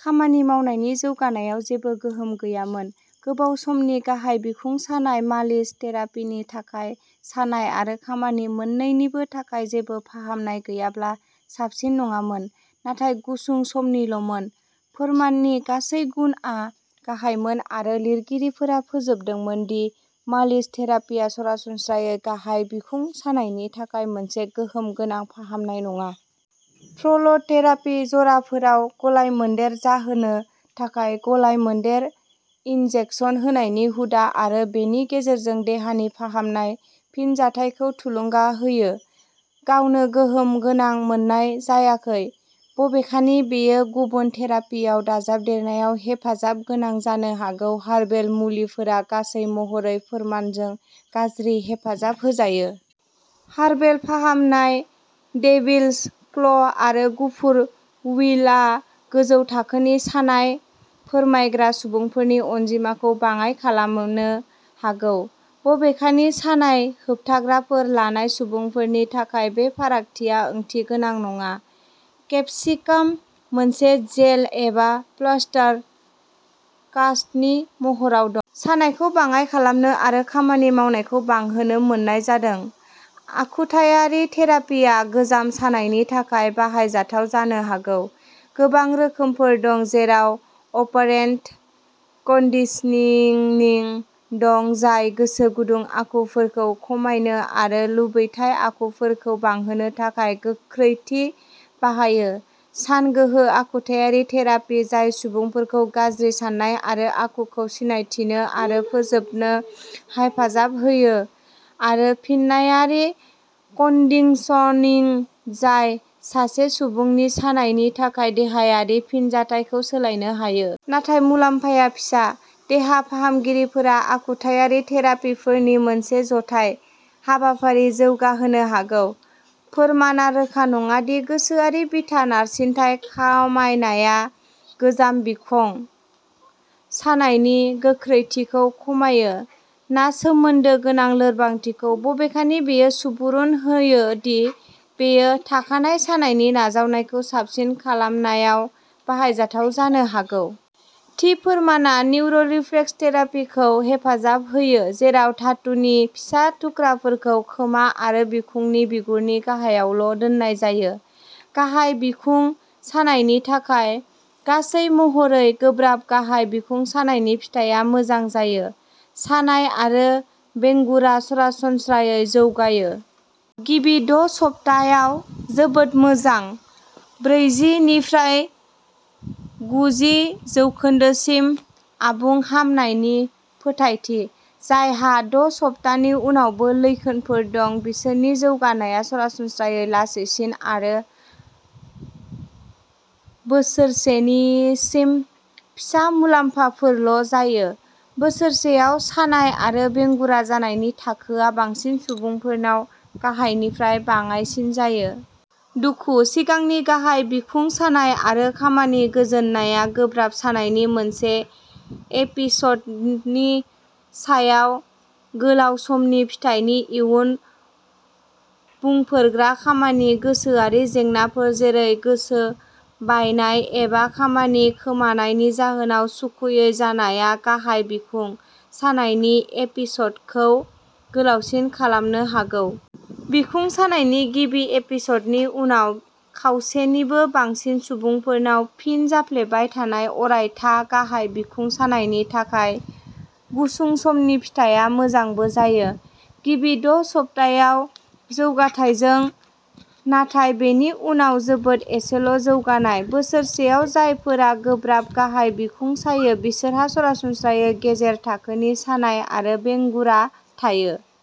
खामानि मावनायनि जौगानायाव जेबो गोहोम गैयामोन। गोबाव समनि गाहाय बिखुं सानाय मालिस थेरापिनि थाखाय सानाय आरो खामानि मोन्नैनिबो थाखाय जेबो फाहामनाय गैयाब्ला साबसिन नङामोन, नाथाय गुसुं समनिल'मोन। फोरमाननि गासै गुनआ गाहायमोन आरो लिरगिरिफोरा फोजोबदोंमोन दि मालिस थेरापिआ सरासनस्रायै गाहाय बिखुं सानायनि थाखाय मोनसे गोहोम गोनां फाहामनाय नङा। प्र'ल'थेरापि-जराफोराव गलायमोन्देर जाहोनो थाखाय गलायमोन्देर इनजेकसन होनायनि हुदा आरो बेनि गेजेरजों देहानि फाहामनाय फिनजाथायखौ थुलुंगा होयो, गावनो गोहोम गोनां मोननाय जायाखै, बबेखानि बेयो गुबुन थेरापिआव दाजाबदेरनायाव हेफाजाबगोनां जानो हागौ। हार्बेल मुलिफोरा, गासै महरै, फोरमानजों गाज्रि हेफाजाब होजायो। हार्बेल फाहामनाय डेविल्स क्ल' आरो गुफुर विल'आ गोजौ थाखोनि सानाय फोरमायग्रा सुबुंफोरनि अनजिमाखौ बाङाइ खालामोनो हागौ। बबेखानि सानाय होबथाग्राफोर लानाय सुबुंफोरनि थाखाय बे फारागथिया ओंथिगोनां नङा। केपसिकाम, मोनसे जेल एबा प्लास्टार कास्टनि महराव दं। सानायखौ बाङाय खालामनो आरो खामानि मावनायखौ बांहोनो मोननाय जादों। आखुथायारि थेरापिआ गोजाम सानायनि थाखाय बाहायजाथाव जानो हागौ। गोबां रोखोमफोर दं, जेराव अपारेन्ट कन्डिशनिंनिं दं, जाय गोसो गुदुं आखुफोरखौ खमायनो आरो लुबैथाव आखुफोरखौ बांहोनो थाखाय गोख्रैथि बाहायो, सानगोहो आखुथायारि थेरापि, जाय सुबुंफोरखौ गाज्रि साननाय आरो आखुखौ सिनायथिनो आरो फोजोबनो हेफाजाब होयो आरो फिन्नायारि कन्डिंशनिं, जाय सासे सुबुंनि सानायनि थाखाय देहायारि फिनजाथायखौ सोलायनो हायो। नाथाय मुलाम्फाया फिसा। देहा फाहामगिरिफोरा आखुथायारि थेरापिफोरनि मोनसे जथाय हाबाफारि जौगाहोनो हागौ। फोरमानआ रोखा नङा दि गोसोआरि बिथा नारसिनथाय खामायनाया गोजाम बिखं सानायनि गोख्रैथिखौ खमायो ना सोमोन्दो गोनां लोरबांथिखौ, बबेखानि बेयो सुबुरुन होयो दि बेयो थाखानाय सानायनि नाजावनायखौ साबसिन खालामनायाव बाहायजाथाव जानो हागौ। थि फोरमानआ न्युर'रिफ्लेक्सथेरापि खौ हेफाजाब होयो, जेराव धातुनि फिसा थुख्राफोरखौ खोमा आरो बिखुंनि बिगुरनि गाहायावल' दोननाय जायो, गाहाय बिखुं सानायनि थाखाय। गासै महरै गोब्राब गाहाय बिखुं सानायनि फिथाया मोजां जायो। सानाय आरो बेंगुरा सरासनस्रायै जौगायो। गिबि द' सप्तायाव जोबोद मोजां, ब्रैजि निफ्राय गुजि जौखोन्दोसिम आबुं हामनायनि फोरमायथि। जायहा द' सप्तानि उनावबो लैखोनफोर दं, बिसोरनि जौगानायआ सरासनस्रायै लासैसिन आरो बोसोरसेनिसिम फिसा मुलाम्फाफोरल' जायो। बोसोरसेयाव सानाय आरो बेंगुरा जानायनि थाखोआ बांसिन सुबुंफोरनाव गाहायनिफ्राय बाङाइसिन जायो। दुखु, सिगांनि गाहाय बिखुं सानाय, आरो खामानि गोजोननाया गोब्राब सानायनि मोनसे एपिसदनि सायाव गोलाव समनि फिथायनि इयुन बुंफोरग्रा। खामानि गोसोआरि जेंनाफोर जेरै गोसो बायनाय, एबा खामानि खोमानायनि जाहोनाव सुखुयै जानाया गाहाय बिखुं सानायनि एपिसडखौ गोलावसिन खालामनो हागौ। बिखुं सानायनि गिबि एपिसडनि उनाव खावसेनिबो बांसिन सुबुंफोरनाव फिन जाफ्लेबाय थानाय। अरायथा गाहाय बिखुं सानायनि थाखाय गुसुं समनि फिथाया मोजांबो जायो, गिबि द' सप्तायाव जौगाथायजों नाथाय बेनि उनाव जोबोद एसेल' जौगानाय। बोसोरसेयाव जायफोरा गोब्राब गाहाय बिखुं सायो बिसोरहा सरासनस्रायै गेजेर थाखोनि सानाय आरो बेंगुरा थायो।